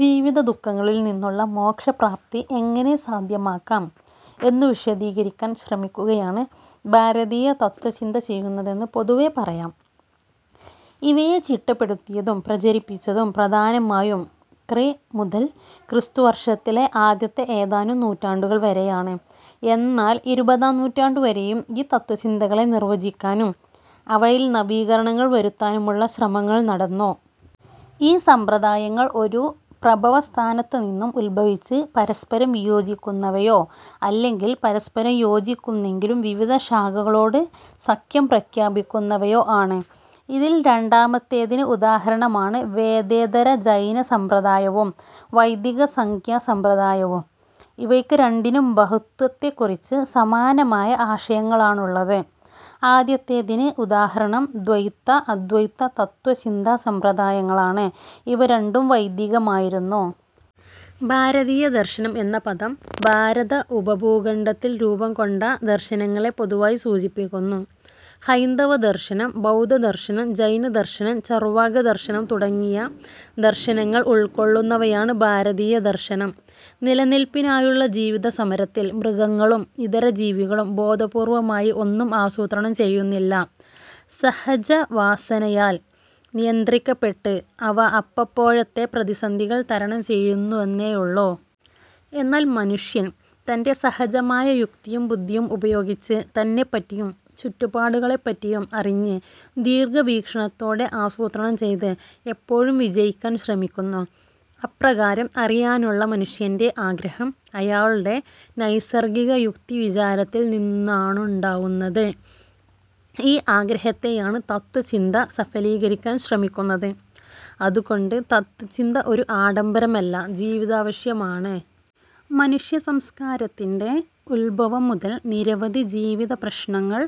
ജീവിതദു:ഖങ്ങളിൽ നിന്നുള്ള മോക്ഷപ്രാപ്തി എങ്ങനെ സാധ്യമാക്കാം എന്നു വീശദീകരിക്കാൻ ശ്രമിക്കുകയാണ് ഭാരതീയ തത്ത്വചിന്ത ചെയ്യുന്നതെന്ന് പൊതുവെ പറയാം. ഇവയെ ചിട്ടപ്പെടുത്തിയതും പ്രചരിപ്പിച്ചതും പ്രധാനമായും ക്രി. മു. മുതൽ ക്രിസ്തുവർഷത്തിലെ ആദ്യത്തെ ഏതാനും നൂറ്റാണ്ടുകൾ വരെയാണ്. എന്നാൽ ഇരുപതാം നൂറ്റാണ്ടുവരെയും ഈ തത്ത്വചിന്തകളെ നിർവചിക്കാനും അവയിൽ നവീകരണങ്ങൾ വരുത്താനുമുള്ള ശ്രമങ്ങൾ നടന്നു. ഈ സമ്പ്രദായങ്ങൾ ഒരു പ്രഭവസ്ഥാനത്തുനിന്നും ഉത്ഭവിച്ച് പരസ്പരം വിയോജിക്കുന്നവയോ, അല്ലെങ്കിൽ പരസ്പരം യോജിക്കുന്നെങ്കിലും വിവിധ ശാഖകളോട് സഖ്യം പ്രഖ്യാപിക്കുന്നവയോ ആണ്. ഇതിൽ രണ്ടാമത്തേതിന് ഉദാഹരണമാണ് വേദേതര ജൈന സമ്പ്രദായവും വൈദിക സംഖ്യ സമ്പ്രദായവും ഇവയ്ക്ക് രണ്ടിനും ബഹുത്വത്തെക്കുറിച്ച് സമാനമായ ആശയങ്ങളാണുള്ളത്. ആദ്യത്തേതിന് ഉദാഹരണം ദ്വൈത, അദ്വൈത തത്ത്വചിന്താ സമ്പ്രദായങ്ങളാണ് ഇവ രണ്ടും വൈദികമായിരുന്നു. ഭാരതീയദർശനം എന്ന പദം ഭാരതഉപഭൂഖണ്ഡത്തിൽ രൂപം കൊണ്ട ദർശനങ്ങളെ പൊതുവായി സൂചിപ്പിക്കുന്നു. ഹൈന്ദവദർശനം, ബൗദ്ധദർശനം, ജൈനദർശനം, ചർവാകദർശനം തുടങ്ങിയ ദർശനങ്ങൾ ഉൾക്കൊള്ളുന്നവയാണ് ഭാരതീയദർശനം. നിലനില്പിനായുള്ള ജീവിതസമരത്തിൽ, മൃഗങ്ങളും ഇതര ജീവികളും ബോധപൂർവമായി ഒന്നും ആസൂത്രണം ചെയ്യുന്നില്ല. സഹജവാസനയാൽ നിയന്ത്രിക്കപ്പെട്ട്, അവ, അപ്പപ്പോഴത്തെ പ്രതിസന്ധികൾ തരണം ചെയ്യുന്നുവെന്നേയുള്ളൂ. എന്നാൽ മനുഷ്യൻ, തൻറെ സഹജമായ യുക്തിയും ബുദ്ധിയും ഉപയോഗിച്ച്, തന്നെപ്പറ്റിയും ചുറ്റുപാടുകളെപ്പറ്റിയും അറിഞ്ഞ്, ദീർഘവീക്ഷണത്തോടെ ആസൂത്രണം ചെയ്ത്, എപ്പോഴും വിജയിക്കാൻ ശ്രമിക്കുന്നു. അപ്രകാരം അറിയാനുള്ള മനുഷ്യൻറെ ആഗ്രഹം അയാളുടെ നൈസർഗിക യുക്തിവിചാരത്തിൽ നിന്നാണുണ്ടാവുന്നത്. ഈ ആഗ്രഹത്തെയാണ് തത്ത്വചിന്ത സഫലീകരിക്കാൻ ശ്രമിക്കുന്നത്. അതുകൊണ്ട് തത്ത്വചിന്ത ഒരു ആഡംബരമല്ല, ജീവിതാവശ്യമാണ്. മനുഷ്യസംസ്കാരത്തിൻറെ ഉദ്ഭവം മുതൽ നിരവധി ജീവിതപ്രശ്നങ്ങൾ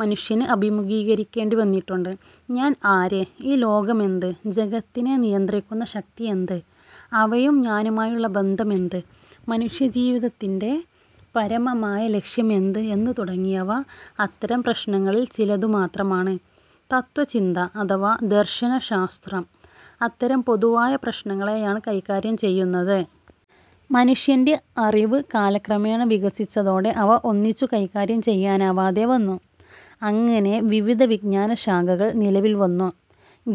മനുഷ്യന് അഭിമുഖീകരിക്കേണ്ടി വന്നിട്ടുണ്ട്. ഞാൻ ആര്? ഈ ലോകമെന്ത്? ജഗത്തിനെ നിയന്ത്രിക്കുന്ന ശക്തിയെന്ത്? അവയും ഞാനുമായുള്ള ബന്ധമെന്ത്? മനുഷ്യജീവിതത്തിന്റെ പരമമായ ലക്ഷ്യം എന്ത്? എന്നു തുടങ്ങിയവ അത്തരം പ്രശ്നങ്ങളിൽ ചിലതു മാത്രമാണ്. തത്ത്വചിന്ത അഥവാ ദർശനശാസ്ത്രം അത്തരം പൊതുവായ പ്രശ്നങ്ങളെയാണ് കൈകാര്യം ചെയ്യുന്നത്. മനുഷ്യൻറെ അറിവ് കാലക്രമേണ വികസിച്ചതോടെ അവ ഒന്നിച്ചു കൈകാര്യം ചെയ്യനാവാതെ വന്നു. അങ്ങനെ വിവിധ വിജ്ഞാനശാഖകൾ നിലവിൽ വന്നു.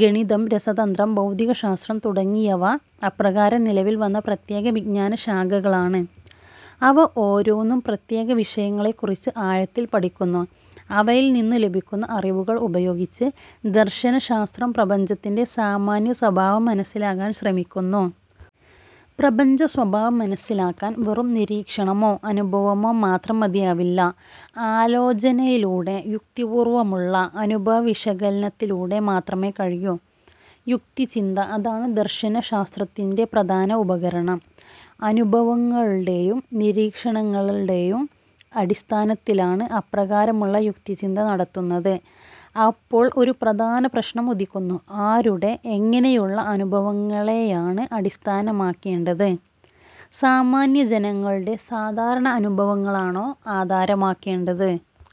ഗണിതം, രസതന്ത്രം, ഭൌതികശാസ്ത്രം തുടങ്ങിയവ അപ്രകാരം നിലവിൽ വന്ന പ്രത്യേകവിജ്ഞാനശാഖകളാണ്. അവ ഓരോന്നും പ്രത്യേകവിഷയങ്ങളെക്കുറിച്ച് ആഴത്തിൽ പഠിക്കുന്നു. അവയിൽ നിന്നു ലഭിക്കുന്ന അറിവുകൾ ഉപയോഗിച്ച്, ദർശനശാസ്ത്രം പ്രപഞ്ചത്തിൻറെ സാമാന്യസ്വഭാവം മനസ്സിലാകാൻ ശ്രമിക്കുന്നു. പ്രപഞ്ചസ്വഭാവം മനസ്സിലാക്കാൻ വെറും നിരീക്ഷണമോ, അനുഭവമോ മാത്രം മതിയാവില്ല. ആലോചനയിലൂടെ, യുക്തിപൂർവമുള്ള അനുഭവവിശകലനത്തിലൂടെ, മാത്രമേ കഴിയൂ. യുക്തിചിന്ത, അതാണ് ദർശനശാസ്ത്രത്തിൻറെ പ്രധാന ഉപകരണം. അനുഭവങ്ങളുടെയും, നിരീക്ഷണങ്ങളെടെയും അടിസ്ഥാനത്തിലാണ് അപ്രകാരമുള്ള യുക്തിചിന്ത നടത്തുന്നത്. അപ്പോൾ ഒരു പ്രധാനപ്രശ്നം ഉദിക്കുന്നു. ആരുടെ, എങ്ങനെയുള്ള അനുഭവങ്ങളെയാണ് അടിസ്ഥാനമാക്കേണ്ടത്? സാമാന്യജനങ്ങളുടെ സാധാരണ അനുഭവങ്ങളാണോ ആധാരമാക്കേണ്ടത്?